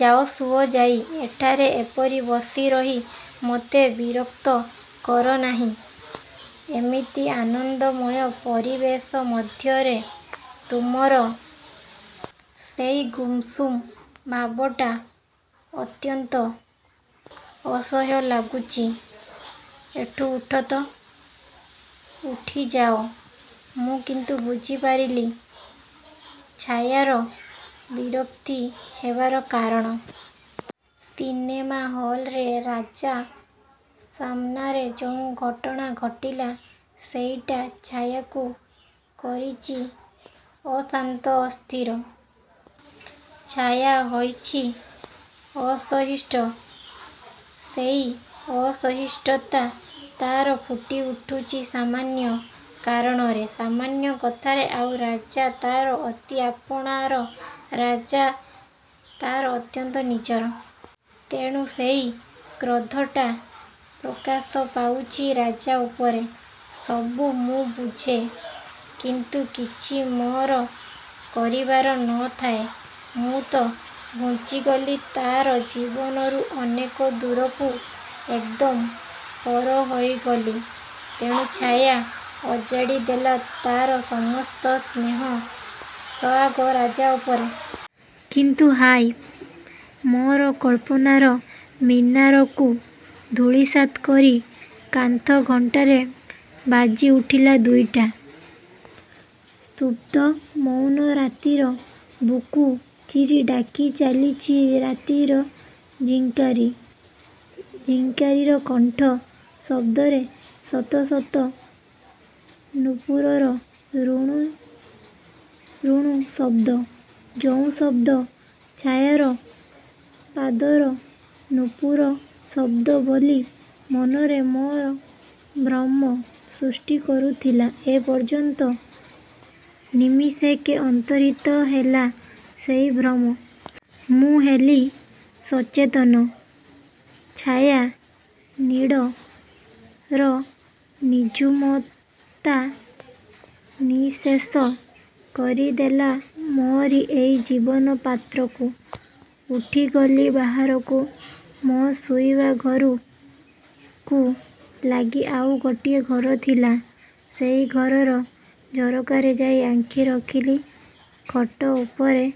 ଯାଅ, ଶୁଅ ଯାଇ। ଏଠାରେ ଏପରି ବସି ରହି ମତେ ବିରକ୍ତ କର ନାହିଁ। ଏମିତି ଆନନ୍ଦମୟ ପରିବେଶ ମଧ୍ୟରେ ତୁମର ସେଇ ଗୁମ୍‌ସୁମ୍ ଭାବଟା ଅତ୍ୟନ୍ତ ଅସହ୍ୟ ଲାଗୁଛି। ଏଠୁ ଉଠ ତ, ଉଠି ଯାଅ। ମୁଁ କିନ୍ତୁ ବୁଝି ପାରିଲି ଛାୟାର ବିରକ୍ତି ହେବାର କାରଣ। ସିନେମା ହଲ୍‌ରେ ରାଜା ସାମନାରେ ଯେଉଁ ଘଟଣା ଘଟିଲା ସେଇଟା ଛାୟାକୁ କରିଛି ଅଶାନ୍ତ ଅସ୍ଥିର। ଛାୟା ହୋଇଛି ଅସହିଷ୍ଣୁ। ସେଇ ଅସହିଷ୍ଣୁତା ତା'ର ଫୁଟି ଉଠୁଛି ସାମାନ୍ୟ କାରଣରେ, ସାମାନ୍ୟ କଥାରେ। ଆଉ ରାଜା ତା'ର ଅତି ଆପଣାର, ରାଜା ତା'ର ଅତ୍ୟନ୍ତ ନିଜର। ତେଣୁ ସେଇ କ୍ରୋଧଟା ପ୍ରକାଶ ପାଉଛି ରାଜା ଉପରେ। ସବୁ ମୁଁ ବୁଝେ, କିନ୍ତୁ କିଛି ମୋର କରିବାର ନ ଥାଏ। ମୁଁ ତ ଘୁଞ୍ଚି ଗଲି ତା'ର ଜୀବନରୁ ଅନେକ ଦୂରକୁ। ଏକଦମ୍ ପର ହୋଇଗଲି। ତେଣୁ ଛାୟା ଅଜାଡ଼ି ଦେଲା ତା'ର ସମସ୍ତ ସ୍ନେହ ସୋହାଗ ରାଜା ଉପରେ। କିନ୍ତୁ ହାୟ, ମୋର କଳ୍ପନାର ମୀନାରକୁ ଧୂଳିସାତ୍ କରି କାନ୍ଥ ଘଣ୍ଟାରେ ବାଜି ଉଠିଲା ଦୁଇଟା। ସ୍ତବ୍ଧ ମଉନ ରାତ୍ରିର ବୁକୁ ଚିରି ଡାକି ଚାଲିଛି ରାତ୍ରିର ଝିଙ୍କାରୀ। ଝିଙ୍କାରୀର କଣ୍ଠ ଶବ୍ଦରେ ଶତ ଶତ ନୂପୁରର ରୁଣୁରୁଣୁ ଶବ୍ଦ। ଯେଉଁ ଶବ୍ଦ ଛାୟାର ପାଦର ନୂପୁର ଶବ୍ଦ ବୋଲି ମନରେ ମୋର ଭ୍ରମ ସୃଷ୍ଟି କରୁଥିଲା ଏ ପର୍ଯ୍ୟନ୍ତ, ନିମିଶେକେ ଅନ୍ତର୍ହିତ ହେଲା ସେଇ ଭ୍ରମ। ମୁଁ ହେଲି ସଚେତନ। "ଛାୟାନୀଡ଼"ର ନିଝୁମତା ନିଃଶେଷ କରିଦେଲା ମୋରି ଏଇ ଜୀବନ ପାତ୍ରକୁ। ଉଠି ଗଲି ବାହାରକୁ। ମୋ ଶୋଇବା ଘରୁକୁ ଲାଗି ଆଉ ଗୋଟିଏ ଘର ଥିଲା। ସେଇ ଘରର ଝରକାରେ ଯାଇ ଆଙ୍କି ରଖିଲି। ଖଟ ଉପରେ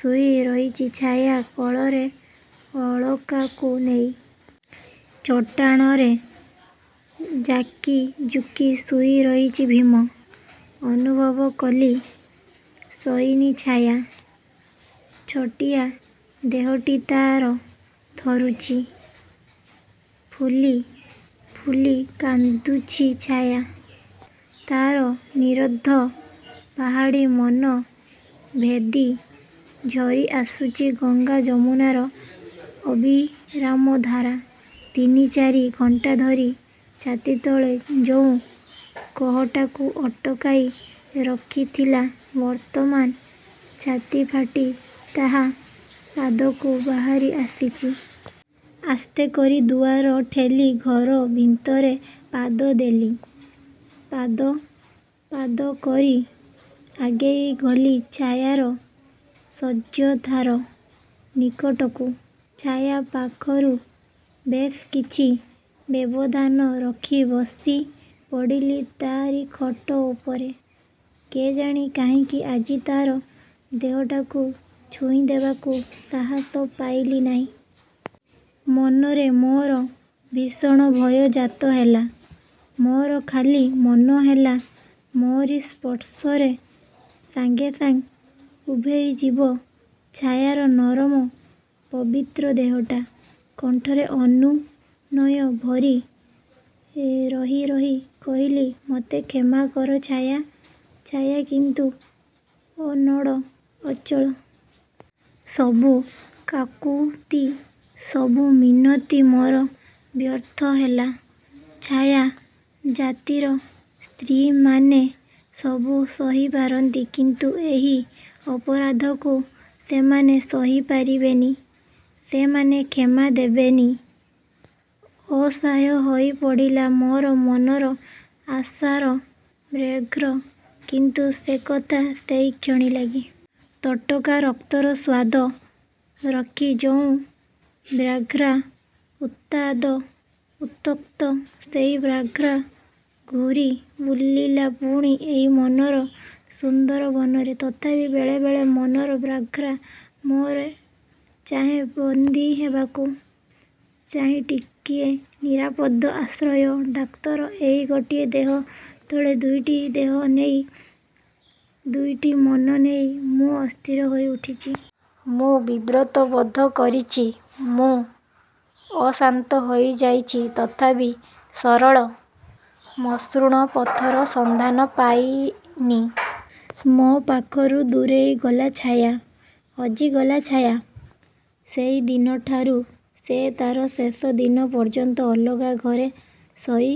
ଶୋଇ ରହିଛି ଛାୟା କୋଳରେ ଅଳକାକୁ ନେଇ। ଚଟାଣରେ ଜାକି ଜୁକି ଶୋଇ ରହିଛି ଭୀମ। ଅନୁଭବ କଲି ଶୋଇନି ଛାୟା। ଛୋଟିଆ ଦେହଟି ତା'ର ଥରୁଛି, ଫୁଲି ଫୁଲି କାନ୍ଦୁଛି ଛାୟା। ତା'ର ନିରନ୍ଧ ପାହାଡ଼ି ମନ ଭେଦି ଝରି ଆସୁଛି ଗଙ୍ଗାଯମୁନାର ଅବିରାମ ଧାରା। ତିନି ଚାରି ଘଣ୍ଟା ଧରି ଛାତି ତଳେ ଯେଉଁ କୋହଟାକୁ ଅଟକାଇ ରଖିଥିଲା, ବର୍ତ୍ତମାନ ଛାତି ଫାଟି ତାହା ପାଦକୁ ବାହାରି ଆସିଛି। ଆସ୍ତେ କରି ଦୁଆର ଠେଲି ଘର ଭିତରେ ପାଦ ଦେଲି। ପାଦ ପାଦ କରି ଆଗେଇ ଗଲି ଛାୟାର ଶଯ୍ୟାଧାର ନିକଟକୁ। ଛାୟା ପାଖରୁ ବେଶ୍ କିଛି ବ୍ୟବଧାନ ରଖି ବସି ପଡ଼ିଲି ତା'ରି ଖଟ ଉପରେ। କେଜାଣି କାହିଁକି ଆଜି ତା'ର ଦେହଟାକୁ ଛୁଇଁ ଦେବାକୁ ସାହସ ପାଇଲି ନାହିଁ। ମନରେ ମୋର ଭୀଷଣ ଭୟ ଜାତ ହେଲା। ମୋର ଖାଲି ମନ ହେଲା ମୋରି ସ୍ପର୍ଶରେ ସାଙ୍ଗେ ସାଙ୍ଗ ଉଭାଇ ଯିବ ଛାୟାର ନରମ ପବିତ୍ର ଦେହଟା। କଣ୍ଠରେ ଅନୁନୟ ଭରି, ରହି ରହି କହିଲି ମତେ କ୍ଷମା କର ଛାୟା। ଛାୟା କିନ୍ତୁ ଅନଡ଼, ଅଚଳ। ସବୁ କାକୁତି, ସବୁ ମିନତି ମୋର ବ୍ୟର୍ଥ ହେଲା। ଛାୟା ଜାତିର ସ୍ତ୍ରୀମାନେ ସବୁ ସହି ପାରନ୍ତି, କିନ୍ତୁ ଏହି ଅପରାଧକୁ ସେମାନେ ସହି ପାରିବେନି। ସେମାନେ କ୍ଷମା ଦେବେନି। ଅସହାୟ ହୋଇ ପଡ଼ିଲା ମୋର ମନର ଆଶାର ବ୍ୟାଘ୍ର। କିନ୍ତୁ ସେକଥା ସେଇ କ୍ଷଣକ ଲାଗି। ତଟକା ରକ୍ତର ସ୍ୱାଦ ରଖି ଯେଉଁ ବ୍ୟାଘ୍ର ଉତାଦ, ଉତ୍ତପ୍ତ, ସେଇ ବ୍ୟାଘ୍ରା ଘୂରି ବୁଲିଲା ପୁଣି ଏଇ ମନର ସୁନ୍ଦରବନରେ। ତଥାପି ବେଳେ ବେଳେ ମନର ବ୍ୟାଘ୍ରା ମୋର ଚାହେଁ ବନ୍ଦୀ ହେବାକୁ, ଚାହେଁ ଟିକିଏ ନିରାପଦ ଆଶ୍ରୟ। ଡାକ୍ତର, ଏଇ ଗୋଟିଏ ଦେହ ତଳେ ଦୁଇଟି ଦେହ ନେଇ, ଦୁଇଟି ମନ ନେଇ ମୁଁ ଅସ୍ଥିର ହୋଇ ଉଠିଛି। ମୁଁ ବିବ୍ରତ ବୋଧ କରିଛି, ମୁଁ ଅଶାନ୍ତ ହୋଇଯାଇଛି। ତଥାପି ସରଳ ମସୃଣ ପଥର ସନ୍ଧାନ ପାଇନି। ମୋ ପାଖରୁ ଦୂରେଇ ଗଲା ଛାୟା, ହଜିଗଲା ଛାୟା! ସେଇ ଦିନଠାରୁ ସେ ତା'ର ଶେଷ ଦିନ ପର୍ଯ୍ୟନ୍ତ ଅଲଗା ଘରେ ଶୋଇ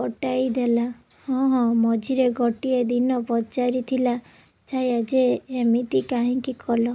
କଟାଇ ଦେଲା। ହଁ, ହଁ, ମଝିରେ ଗୋଟିଏ ଦିନ ପଚାରିଥିଲା ଛାୟା ଯେ ଏମିତି କାହିଁକି କଲ?